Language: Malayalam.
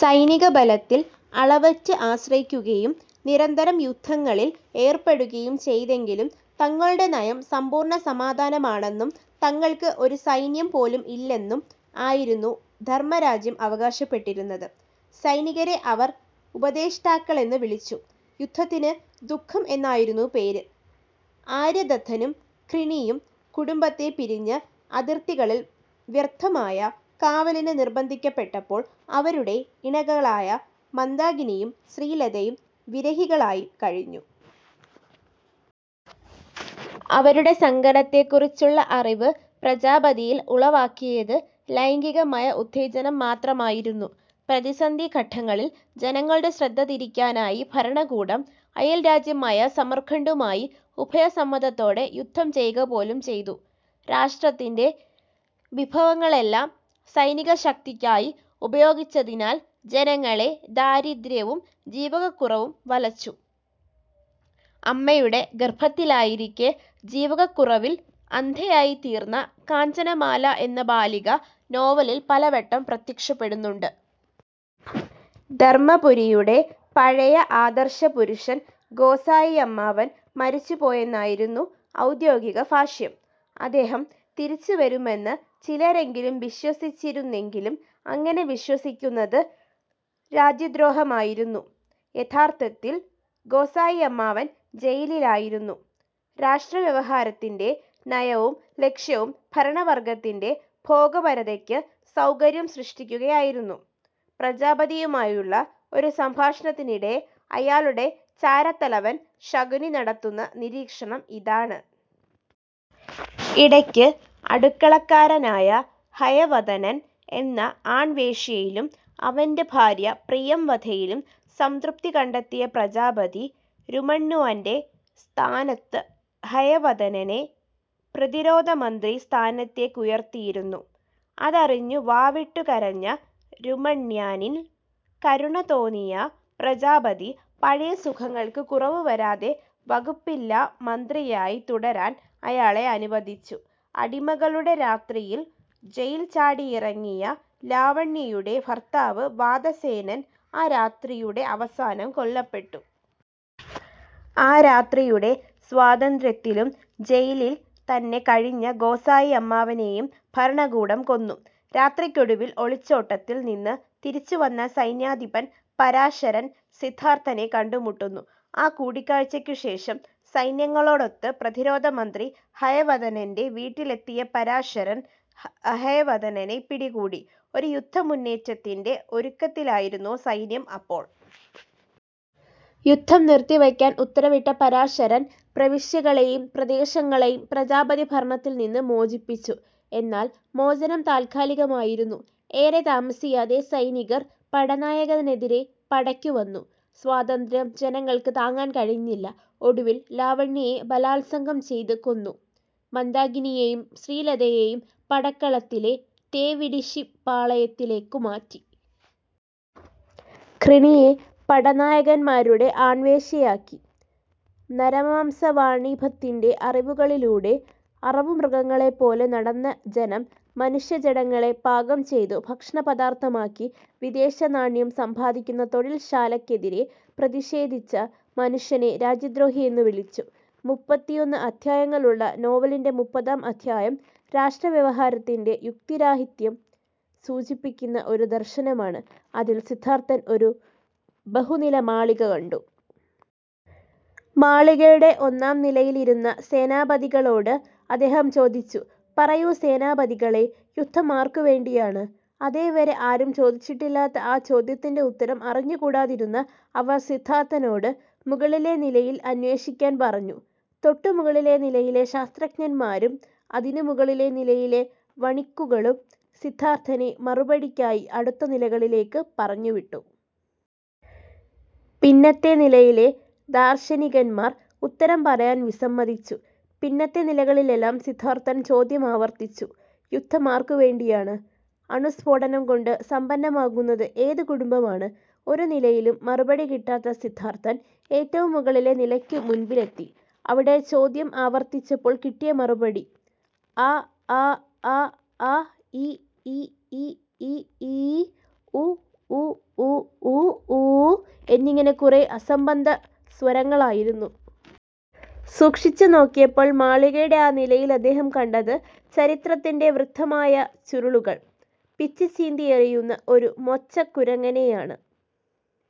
സൈനികബലത്തിൽ അളവറ്റ് ആശ്രയിക്കുകയും നിരന്തരം യുദ്ധങ്ങളിൽ ഏർപ്പെടുകയും ചെയ്തെങ്കിലും തങ്ങളുടെ നയം സമ്പൂർണ്ണ സമാധാനമാണെന്നും തങ്ങൾക്ക് ഒരു സൈന്യം പോലും ഇല്ലെന്നും ആയിരുന്നു ധർമ്മരാജ്യം അവകാശപ്പെട്ടിരുന്നത്. സൈനികരെ അവർ ഉപദേഷ്ടാക്കളെന്ന് വിളിച്ചു. യുദ്ധത്തിന് "ദുഃഖം" എന്നായിരുന്നു പേര്. ആര്യദത്തനും ഘൃണിയും കുടുംബത്തെ പിരിഞ്ഞ് അതിർത്തികളിൽ വ്യർത്ഥമായ കാവലിന് നിർബ്ബന്ധിക്കപ്പെട്ടപ്പോൾ അവരുടെ ഇണകളായ, മന്ദാകിനിയും ശ്രീലതയും വിരഹികളായി കഴിഞ്ഞു. അവരുടെ സങ്കടത്തെക്കുറിച്ചുള്ള അറിവ് പ്രജാപതിയിൽ ഉളവാക്കിയത് ലൈംഗികമായ ഉത്തേജനം മാത്രമായിരുന്നു. പ്രതിസന്ധിഘട്ടങ്ങളിൽ ജനങ്ങളുടെ ശ്രദ്ധതിരിക്കാനായി ഭരണകൂടം, അയൽരാജ്യമായ സമർഖണ്ഡുമായി ഉഭയസമ്മതത്തോടെ യുദ്ധം ചെയ്യുക പോലും ചെയ്തു. രാഷ്ട്രത്തിൻ്റെ വിഭവങ്ങളെല്ലാം സൈനിക ശക്തിയ്ക്കായി ഉപയോഗിച്ചതിനാൽ ജനങ്ങളെ ദാരിദ്ര്യവും ജീവകക്കുറവും വലച്ചു. അമ്മയുടെ ഗർഭത്തിലായിരിക്കെ ജീവകക്കുറവിൽ അന്ധയായിത്തീർന്ന കാഞ്ചനമാല എന്ന ബാലിക നോവലിൽ പലവട്ടം പ്രത്യക്ഷപ്പെടുന്നുണ്ട്. ധർമ്മപുരിയുടെ പഴയ ആദർശപുരുഷൻ ഗോസായി അമ്മാവൻ മരിച്ചുപോയെന്നായിരുന്നു ഔദ്യോഗിക ഭാഷ്യം. അദ്ദേഹം തിരിച്ചുവരുമെന്ന് ചിലരെങ്കിലും വിശ്വസിച്ചിരുന്നെങ്കിലും, അങ്ങനെ വിശ്വസിക്കുന്നത് രാജ്യദ്രോഹമായിരുന്നു. യഥാർത്ഥത്തിൽ ഗോസായി അമ്മാവൻ ജയിലിലായിരുന്നു. രാഷ്ട്രവ്യവഹാരത്തിൻ്റെ നയവും ലക്ഷ്യവും ഭരണവർഗ്ഗത്തിൻ്റെ ഭോഗപരതയ്ക്ക് സൗകര്യം സൃഷ്ടിക്കുകയായിരുന്നു. പ്രജാപതിയുമായുള്ള ഒരു സംഭാഷണത്തിനിടെ, അയാളുടെ ചാരത്തലവൻ ശകുനി നടത്തുന്ന നിരീക്ഷണം ഇതാണ്. ഇടയ്ക്ക് അടുക്കളക്കാരനായ ഹയവദനൻ എന്ന ആൺവേശ്യയിലും അവൻ്റെ ഭാര്യ പ്രിയംവദയിലും സംതൃപ്തി കണ്ടെത്തിയ പ്രജാപതി, രുമണ്വാൻ്റെ സ്ഥാനത്ത് ഹയവദനനെ പ്രതിരോധമന്ത്രി സ്ഥാനത്തേയ്ക്കുയർത്തിയിരുന്നു. അതറിഞ്ഞു വാവിട്ടു കരഞ്ഞ രുമണ്വാനിൽ കരുണതോന്നിയ പ്രജാപതി, പഴയ സുഖങ്ങൾക്ക് കുറവു വരാതെ വകുപ്പില്ലാമന്ത്രിയായി തുടരാൻ അയാളെ അനുവദിച്ചു. അടിമകളുടെ രാത്രിയിൽ ജയിൽ ചാടിയിറങ്ങിയ ലാവണ്യയുടെ ഭർത്താവ് വാതസേനൻ ആ രാത്രിയുടെ അവസാനം കൊല്ലപ്പെട്ടു. ആ രാത്രിയുടെ സ്വാതന്ത്ര്യത്തിലും ജെയിലിൽ തന്നെ കഴിഞ്ഞ ഗോസായി അമ്മാവനേയും ഭരണകൂടം കൊന്നു. രാത്രിക്കൊടുവിൽ ഒളിച്ചോട്ടത്തിൽ നിന്ന് തിരിച്ചു വന്ന സൈന്യാധിപൻ പരാശരൻ, സിദ്ധാർത്ഥനെ കണ്ടുമുട്ടുന്നു. ആ കൂടിക്കാഴ്ചയ്ക്കു ശേഷം സൈന്യങ്ങളോടൊത്ത് പ്രതിരോധമന്ത്രി ഹയവദനൻ്റെ വീട്ടിലെത്തിയ പരാശരൻ ഹയവദനനെ പിടികൂടി. ഒരു യുദ്ധമുന്നേറ്റത്തിൻ്റെ ഒരുക്കത്തിലായിരുന്നു സൈന്യം അപ്പോൾ. യുദ്ധം നിർത്തി വയ്ക്കാൻ ഉത്തരവിട്ട പരാശരൻ പ്രവിശ്യകളേയും പ്രദേശങ്ങളേയും പ്രജാപതി ഭരണത്തിൽ നിന്ന് മോചിപ്പിച്ചു. എന്നാൽ മോചനം താൽക്കാലികമായിരുന്നു. ഏറെ താമസിയാതെ സൈനികർ പടനായകനെതിരെ പടയ്ക്കു വന്നു. സ്വാതന്ത്ര്യം ജനങ്ങൾക്ക് താങ്ങാൻ കഴിഞ്ഞില്ല. ഒടുവിൽ ലാവണ്യയെ ബലാൽസംഗം ചെയ്തു കൊന്നു. മന്ദാകിനിയേയും ശ്രീലതയേയും പടക്കളത്തിലെ തേവിടിശ്ശിപ്പാളയത്തിലേയ്ക്കു മാറ്റി. ഘൃണിയെ പടനായകന്മാരുടെ ആൺവേശ്യയാക്കി. "നരമാംസവാണിഭത്തിൻ്റെ അറിവുകളിലൂടെ അറവുമൃഗങ്ങളെപ്പോലെ നടന്ന ജനം", മനുഷ്യജഡങ്ങളെ പാകം ചെയ്തു ഭക്ഷണപദാർത്ഥമാക്കി വിദേശനാണ്യം സമ്പാദിക്കുന്ന തൊഴിൽ ശാലക്കെതിരെ പ്രതിക്ഷേധിച്ച മനുഷ്യനെ രാജ്യദ്രോഹിയെന്നു വിളിച്ചു. മുപ്പത്തിഒന്ന് അദ്ധ്യായങ്ങളുള്ള നോവലിൻ്റെ മുപ്പതാം അദ്ധ്യായം രാഷ്ട്രവ്യവഹാരത്തിൻ്റെ യുക്തിരാഹിത്യം സൂചിപ്പിക്കുന്ന ഒരു ദർശനമാണ്. അതിൽ സിദ്ധാർത്ഥൻ ഒരു ബഹുനിലമാളിക കണ്ടു. മാളികയുടെ ഒന്നാം നിലയിൽ ഇരുന്ന സേനാപതികളോട് അദ്ദേഹം ചോദിച്ചു: "പറയൂ സേനാപതികളെ, യുദ്ധം ആർക്കുവേണ്ടിയാണ്? ". അതേവരെ ആരും ചോദിച്ചിട്ടില്ലാത്ത ആ ചോദ്യത്തിൻ്റെ ഉത്തരം അറിഞ്ഞുകൂടാതിരുന്ന അവർ സിദ്ധാർത്ഥനോട്, മുകളിലെ നിലയിൽ അന്വേഷിക്കാൻ പറഞ്ഞു. തൊട്ടുമുകളിലെ നിലയിലെ ശാസ്ത്രജ്ഞന്മാരും അതിനു മുകളിലെ നിലയിലെ വണിക്കുകളും സിദ്ധാർത്ഥനെ മറുപടിക്കായി അടുത്ത നിലകളിലേയ്ക്ക് പറഞ്ഞുവിട്ടു. പിന്നത്തെ നിലയിലെ ദാർശനികന്മാർ ഉത്തരം പറയാൻ വിസമ്മതിച്ചു. പിന്നത്തെ നിലകളിലെല്ലാം സിദ്ധാർത്ഥൻ ചോദ്യം ആവർത്തിച്ചു: "യുദ്ധം ആർക്കുവേണ്ടിയാണ്; അണുസ്ഫോടനം കൊണ്ടു സമ്പന്നമാകുന്നത് ഏതു കുടുംബമാണ്? ". ഒരു നിലയിലും മറുപടി കിട്ടാതെ സിദ്ധാർത്ഥൻ ഏറ്റവും മുകളിലെ നിലയ്ക്കു മുൻപിലെത്തി. അവിടെ ചോദ്യം ആവർത്തിച്ചപ്പോൾ കിട്ടിയ മറുപടി, ആ അ അ അ ആ, ഈ ഇ ഇ ഇ ഈ, ഊ ഉ ഉ ഉ ഊ എന്നിങ്ങനെ കുറേ അസംബന്ധസ്വരങ്ങളായിരുന്നു. സൂക്ഷിച്ചു നോക്കിയപ്പോൾ മാളികയുടെ ആ നിലയിൽ അദ്ദേഹം കണ്ടത് "ചരിത്രത്തിൻ്റെ വൃദ്ധമായ ചുരുളുകൾ" പിച്ചിചീന്തിയെറിയുന്ന ഒരു മൊച്ചക്കുരങ്ങനെയാണ്.